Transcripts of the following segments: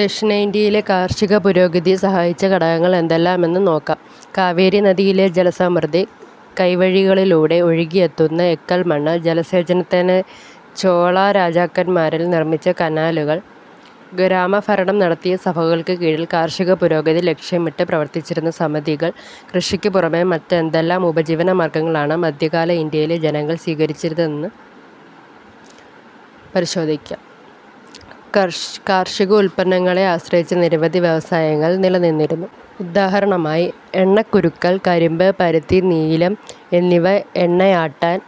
ദക്ഷിണേന്ത്യയിലെ കാർഷിക പുരോഗതിയെ സഹായിച്ച ഘടകങ്ങൾ എന്തെല്ലാമാണെന്ന് നോക്കാം. കാവേരിനദിയിലെ ജലസമൃദ്ധി. കൈവഴികളിലൂടെ ഒഴുകിയെത്തുന്ന എക്കൽമണ്ണ്. ജലസേചനത്തിനായി ചോളരാജാക്കന്മാർ നിർമിച്ച കനാലുകൾ. ഗ്രാമഭരണം നടത്തിയ സഭകൾക്ക് കീഴിൽ കാർഷികപുരോഗതി ലക്ഷ്യമിട്ട് പ്രവർത്തിച്ചിരുന്ന സമിതികൾ. കൃഷിക്ക് പുറമെ മറ്റെന്തെല്ലാം ഉപജീവനമാർഗങ്ങളാണ് മധ്യകാല ഇന്ത്യയിലെ ജനങ്ങൾ സ്വീകരിച്ചിരുന്നതെന്ന് പരിശോധിക്കാം കാർഷികോൽപ്പന്നങ്ങളെ ആശ്രയിച്ച് നിരവധി വ്യവസായങ്ങൾ നില നിന്നിരുന്നു. ഉദാഹരണമായി, എണ്ണക്കുരുക്കൾ, കരിമ്പ്, പരുത്തി, നീലം, എന്നിവ എണ്ണയാട്ടൽ,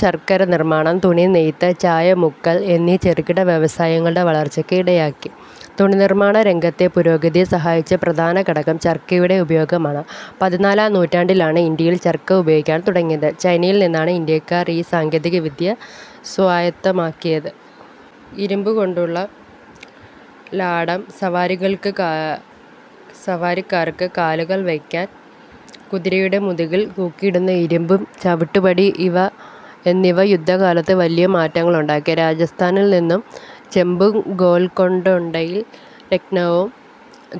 ശർക്കര നിർമാണം, തുണിനെയ്ത്ത്, ചായം മുക്കൽ എന്നീ ചെറുകിട വ്യവസായങ്ങളുടെ വളർച്ചയ്ക്ക് ഇടയാക്കി. തുണിനിർമാണരംഗത്തെ പുരോഗതിയെ സഹായിച്ച പ്രധാനഘടകം ചർക്കയുടെ ഉപയോഗമാണ്. പതിനാലാം നൂറ്റാണ്ടിലാണ് ഇന്ത്യയിൽ ചർക്ക ഉപയോഗിക്കാൻ തുടങ്ങിയത്. ചൈനയിൽ നിന്നാണ് ഇന്ത്യക്കാർ ഈ സാങ്കേതികവിദ്യ സ്വായത്തമാക്കിയത്. ഇരുമ്പു കൊണ്ടുള്ള ലാടം, സവാരിക്കാർക്ക് കാലുകൾ വയ്ക്കാൻ കുതിരയുടെ മുതുകിൽ തൂക്കിയിടുന്ന ഇരുമ്പു ചവിട്ടുപടി എന്നിവ യുദ്ധരംഗത്ത് വലിയ മാറ്റങ്ങളുണ്ടാക്കി. രാജസ്ഥാനിൽനിന്ന് ചെമ്പും ഗൊൽകൊണ്ടയിൽനിന്ന് രത്നവും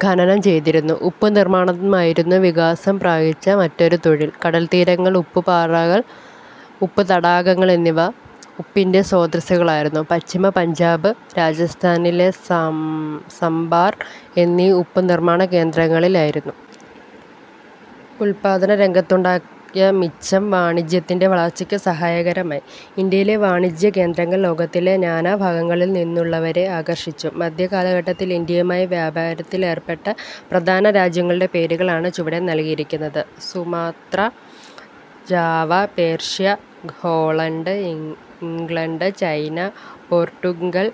ഖനനം ചെയ്തിരുന്നു. ഉപ്പുനിർമാണമായിരുന്നു വികാസം പ്രാപിച്ച മറ്റൊരു തൊഴിൽ. കടൽത്തീരങ്ങൾ, ഉപ്പുപാറകൾ, ഉപ്പുതടാകങ്ങൾ എന്നിവ ഉപ്പിന്റെ സ്രോതസ്സുകളായിരുന്നു. പശ്ചിമ പഞ്ചാബ്, രാജസ്ഥാനിലെ സമ്പാർ എന്നിവ ഉപ്പുനിർമാണകേന്ദ്രങ്ങളായിരുന്നു. ഉൽപാദനരംഗത്തുണ്ടായ മിച്ചം വാണിജ്യത്തിന്റെ വളർച്ചയ്ക്ക് സഹായകമായി. ഇന്ത്യയിലെ വാണിജ്യകേന്ദ്രങ്ങൾ ലോകത്തിന്റെ നാനാഭാഗങ്ങളിൽനിന്നുള്ളവരെ ആകർഷിച്ചു. മധ്യകാലഘട്ടത്തിൽ ഇന്ത്യയുമായി വ്യാപാരത്തിലേർപ്പെട്ട പ്രധാന രാജ്യങ്ങളുടെ പേരുകളാണ് ചുവടെ നൽകിയിരിക്കുന്നത്. Sumatra, Java, Persia, Holland, England, China, Portugal,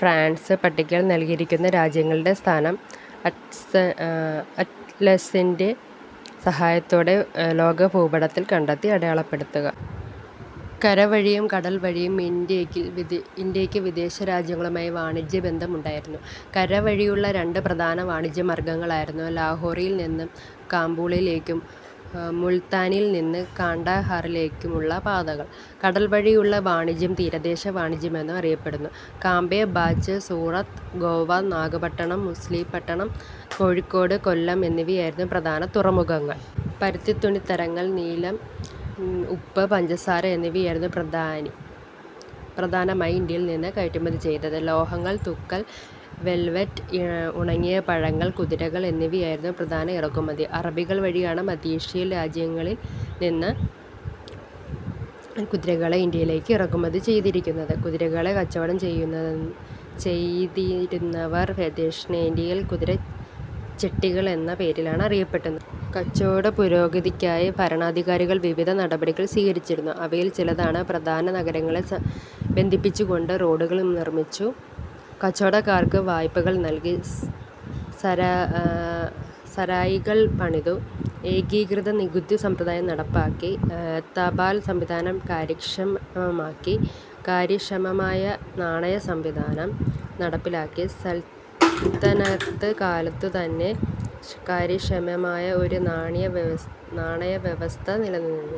France പട്ടികയിൽ നൽകിയിരിക്കുന്ന രാജ്യങ്ങളുടെ സ്ഥാനം അറ്റ്ലസിന്റെ സഹായത്തോടെ ലോകഭൂപടത്തിൽ കണ്ടെത്തി അടയാളപ്പെടുത്തുക. കരവഴിയും കടൽ വഴിയും ഇന്ത്യക്ക് വിദേശരാജ്യങ്ങളുമായി വാണിജ്യബന്ധമുണ്ടായിരുന്നു. കരവഴിയുള്ള രണ്ട് പ്രധാന വാണിജ്യമാർഗങ്ങളായിരുന്നു ലാഹോറിൽ നിന്ന് കാബൂളിലേക്കും മുൾത്താനിൽ നിന്ന് കാണ്ട ഹാറിലേക്കുമുള്ള പാതകൾ. കടൽ വഴിയുള്ള വാണിജ്യം തീരദേശ വാണിജ്യമെന്നും അറിയപ്പെട്ടു. കാംബെ, ബാച്ച്, സൂറത്ത്, ഗോവ, നാഗപട്ടണം, മസൂലിപട്ടണം, കോഴിക്കോട്, കൊല്ലം എന്നിവയായിരുന്നു പ്രധാന തുറമുഖങ്ങൾ. പരുത്തിത്തുണിത്തരങ്ങൾ, നീലം, ഉപ്പ്, പഞ്ചസാര എന്നിവയായിരുന്നു പ്രധാനമായി ഇന്ത്യയിൽ നിന്ന് കയറ്റുമതി ചെയ്തത്. ലോഹങ്ങൾ, തുകൽ, വെൽവെറ്റ്, ഉണങ്ങിയ പഴങ്ങൾ. കുതിരകൾ എന്നിവയായിരുന്നു പ്രധാന ഇറക്കുമതി. അറബികൾ വഴിയാണ് മധ്യേഷ്യൻ രാജ്യങ്ങളിൽ നിന്ന് കുതിരകളെ ഇന്ത്യയിലേക്ക് ഇറക്കുമതി ചെയ്തിരുന്നത്. കുതിരകളെ കച്ചവടം ചെയ്തിരുന്നവർ ദക്ഷിണേന്ത്യയിൽ കുതിരച്ചെട്ടികൾ എന്ന പേരിലാണ് അറിയപ്പെട്ടിരുന്നത്. കച്ചവടപുരോഗതിക്കായി ഭരണാധികാരികൾ വിവിധ നടപടികൾ സ്വീകരിച്ചിരുന്നു. അവയിൽ ചിലതാണ്. പ്രധാന നഗരങ്ങളെ ബന്ധിപ്പിച്ചുകൊണ്ട് റോഡുകൾ നിർമിച്ചു. കച്ചവടക്കാർക്ക് വായ്പകൾ നൽകി. സരായികൾ പണിതു. ഏകീകൃത നികുതി സമ്പ്രദായം നടപ്പാക്കി. തപാൽ സംവിധാനം കാര്യക്ഷമമാക്കി. കാര്യക്ഷമമായ നാണയസംവിധാനം നടപ്പിലാക്കി. സൽത്തനത്ത് കാലത്തുതന്നെ കാര്യക്ഷമമായ ഒരു നാണയവ്യവസ്ഥ നിലനിന്നിരുന്നു.